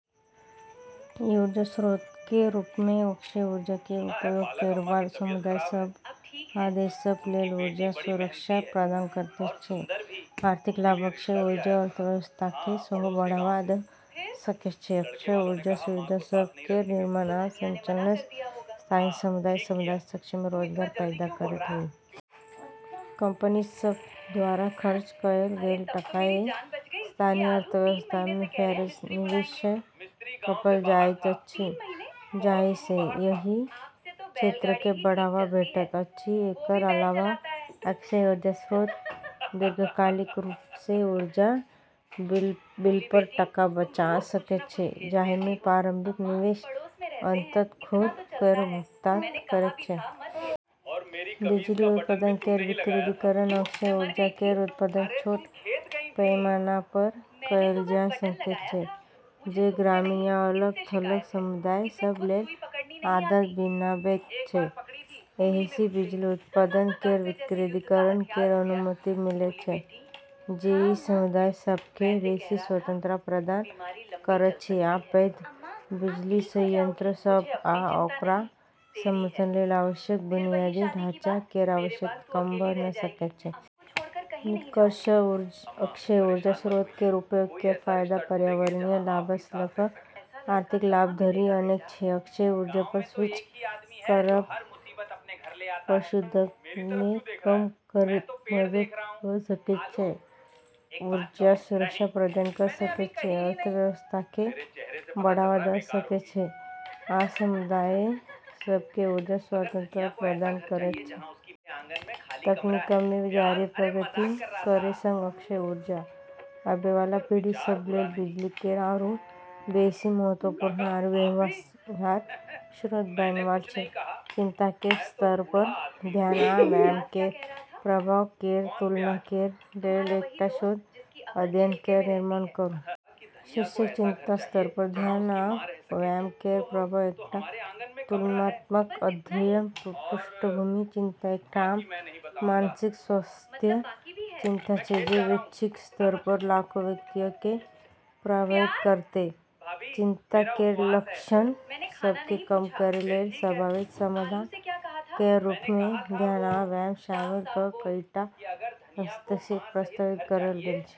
ई ऊर्जा स्रोत केर रूपमे अक्षय ऊर्जा केर उपयोग करैवाला समुदाय सभ आ देश सभ लेल ऊर्जा सुरक्षा प्रदान करैत छै। आर्थिक लाभ: अक्षय ऊर्जा अर्थव्यवस्थाकेँ सेहो बढ़ावा दऽ सकैत छै। अक्षय ऊर्जा सुविधा सभ केर निर्माण आ संचालनसँ स्थानीय समुदाय सभमे रोजगार पैदा होइत छै। कंपनी सभ द्वारा खर्च कएल गेल टकाकेँ स्थानीय अर्थव्यवस्थामे फेरसँ निवेश कएल जाइत अछि, जाहिसँ एहि क्षेत्रकेँ बढ़ावा भेटैत अछि। एकर अलावा, अक्षय ऊर्जा स्रोत दीर्घकालिक रूपसँ ऊर्जा बिलपर टका बचा सकैत छै, जाहिमे प्रारंभिक निवेश अंततः खुद केर भुगतान करैत छै। बिजली उत्पादन केर विकेंद्रीकरण: अक्षय ऊर्जा केर उत्पादन छोट पैमानापर कएल जा सकैत छै, जे ग्रामीण या अलग-थलग समुदाय सभ लेल आदर्श बनाबैत छै। एहिसँ बिजली उत्पादन केर विकेंद्रीकरण केर अनुमति मिलैत छै, जे ई समुदाय सभकेँ बेसी स्वतंत्रता प्रदान करैत छै आ पैघ बिजली संयंत्र सभ आ ओकरा समर्थन लेल आवश्यक बुनियादी ढाँचा केर आवश्यकता कम भऽ सकैत छै। निष्कर्षतः: अक्षय ऊर्जा स्रोत केर उपयोग केर फायदा पर्यावरणीय लाभसँ लऽ कऽ आर्थिक लाभ धरि अनेक छै। अक्षय ऊर्जापर स्विच करब प्रदूषणकेँ कम करैमे मदद कऽ सकैत छै, ऊर्जा सुरक्षा प्रदान कऽ सकैत छै, अर्थव्यवस्थाकेँ बढ़ावा दऽ सकैत छै, आ समुदाय सभकेँ ऊर्जा स्वतंत्रता प्रदान कऽ सकैत छै। तकनीकमे जारी प्रगति केर संग अक्षय ऊर्जा आबैवाला पीढ़ी सभ लेल बिजली केर आरू बेसी महत्वपूर्ण आरू व्यवहार्य स्रोत बनैवाला छै। चिंता केर स्तरपर ध्यान आ व्यायाम केर प्रभाव केर तुलना करै लेल एकटा शोध अध्ययन केर निर्माण करू। शीर्षक: चिंता स्तरपर ध्यान आ व्यायाम केर प्रभाव: एकटा तुलनात्मक अध्ययन। पृष्ठभूमि: चिंता एकटा आम मानसिक स्वास्थ्य चिंता छै जे वैश्विक स्तरपर लाखो व्यक्तियककेँ प्रभावित करैत छै। चिंता केर लक्षण सभकेँ कम करै लेल संभावित समाधान केर रूपमे ध्यान आ व्यायाम शामिल कऽ कईटा हस्तक्षेप प्रस्तावित कएल गेल छै।